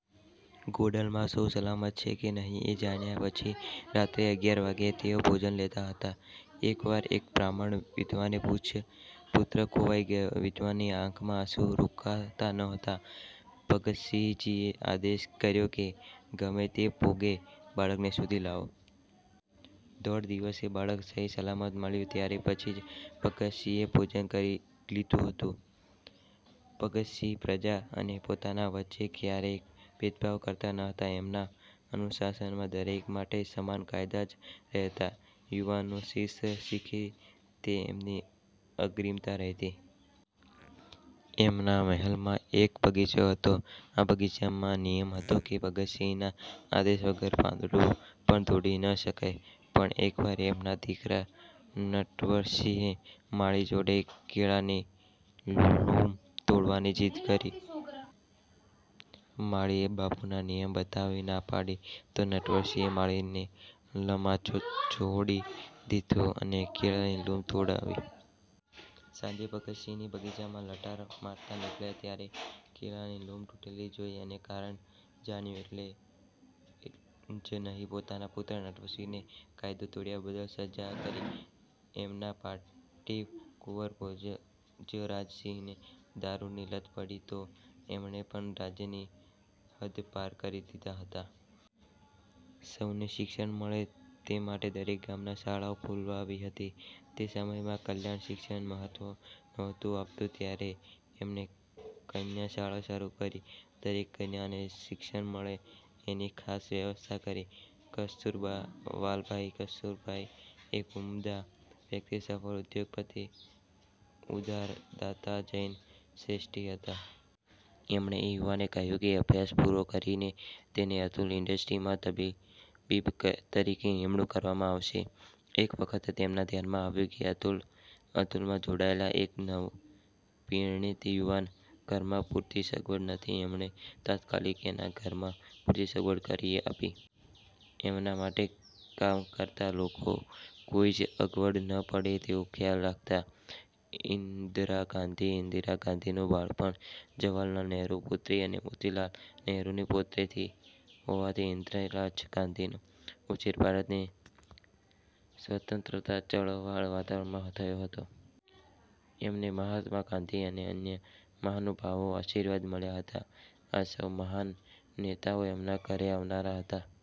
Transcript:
ગોંડલમાં સૌ સલામત છે કે નહીં એ જાણ્યા પછી રાત્રે અગિયાર વાગ્યે તેઓ ભોજન લેતા હતા. એક વાર એક બ્રાહ્મણ વિધવાનો પુત્ર ખોવાઇ ગયો. વિધવાની આંખમાં આંસુ રોકાતા ન હતાં. ભગવતસિંહજીએ આદેશ કર્યો કે, ગમે તે ભોગે બાળકને શોધી લાવો. દોઢ દિવસે બાળક સહી સલામત મળ્યું ત્યાર પછી જ ભગવતસિંહજીએ ભોજન લીધું હતું. ભગવતસિંહજી પ્રજા અને પોતાના વચ્ચે ક્યારેય ભેદભાવ કરતા નહીં. એમના અનુશાસનમાં દરેક માટે સમાન કાયદા જ રહેતા. યુવાનો શિસ્ત શીખે તે એમની અગ્રીમતા રહેતી. એમના મહેલમાં એક બગીચો હતો. આ બગીચામાં નિયમ હતો કે, ભગવતસિંહજીના આદેશ વગર પાંદડું પણ તોડી ન શકાય. પણ એકવાર એમના દીકરા નટવરસિંહે માળી જોડે કેળાની લૂમ તોડવાની જીદ કરી. માળીએ બાપુનો નિયમ બતાવી ના પાડી તો નટવરસિંહે માળીને તમાચો ચોડી દીધો અને કેળાની લૂમ તોડાવી. સાંજે ભગવતસિંહજી બગીચામાં લટાર મારવા નીકળ્યા ત્યારે કેળાની લૂમ તૂટેલી જોઇ અને કારણ જાણ્યું. એટલું જ નહીં, પોતાના પુત્ર નટવરસિંહને કાયદો તોડવા બદલ સજા કરી. એમના પાટવી કુંવર ભોજરાજસિંહને દારૂની લત પડી તો એમને પણ રાજ્યની હદપાર કરી દીધા હતા. સૌને શિક્ષણ મળે તે માટે દરેક ગામમાં શાળાઓ ખોલાવી હતી. તે સમયમાં કન્યાશિક્ષણને મહત્વ નહોતું અપાતું ત્યારે એમણે કન્યાશાળા શરુ કરી દરેક કન્યાને શિક્ષણ મળે એની ખાસ વ્યવસ્થા કરી. કસ્તુરભાઈ લાલભાઇ કસ્તુરભાઈ એક ઉમદા વ્યક્તિ, સફળ ઉદ્યોગપતિ, ઉદાર દાતા, જૈન શ્રેષ્ઠી હતા. એમણે એ યુવાનને કહ્યું કે અભ્યાસ પૂરો કરીને તેને અતુલ ઇન્ડસ્ટ્રીમાં તબીબ તરીકે નિમણુંક આપવામાં આવે છે! એક વખત એમના ધ્યાનમાં આવ્યું કે અતુલમાં જોડાયેલા એક નવપરિણીત યુવાનના ઘરમાં પૂરતી સગવડ નથી. એમણે તાત્કાલિક એના ઘરમાં પૂરતી સગવડ કરી આપી. એમના માટે કામ કરતા લોકોને કોઈ જ અગવડ ન પડે તેનો તેઓ ખ્યાલ રાખતા. ઇન્દિરા ગાંધી ઇન્દિરા ગાંધીનું બાળપણ જવાહરલાલ નહેરુના પુત્રી અને મોતીલાલ નહેરુના પૌત્રી હોવાથી ઇન્દિરા ગાંધીનો ઉછેર ભારતની સ્વતંત્રતા ચળવળના વાતાવરણમાં થયો હતો. એમને મહાત્મા ગાંધી અને અન્ય મહાનુભાવોના આશીર્વાદ મળ્યા હતા. આ સૌ મહાન નેતાઓ એમના ઘરે અવારનવાર આવતા.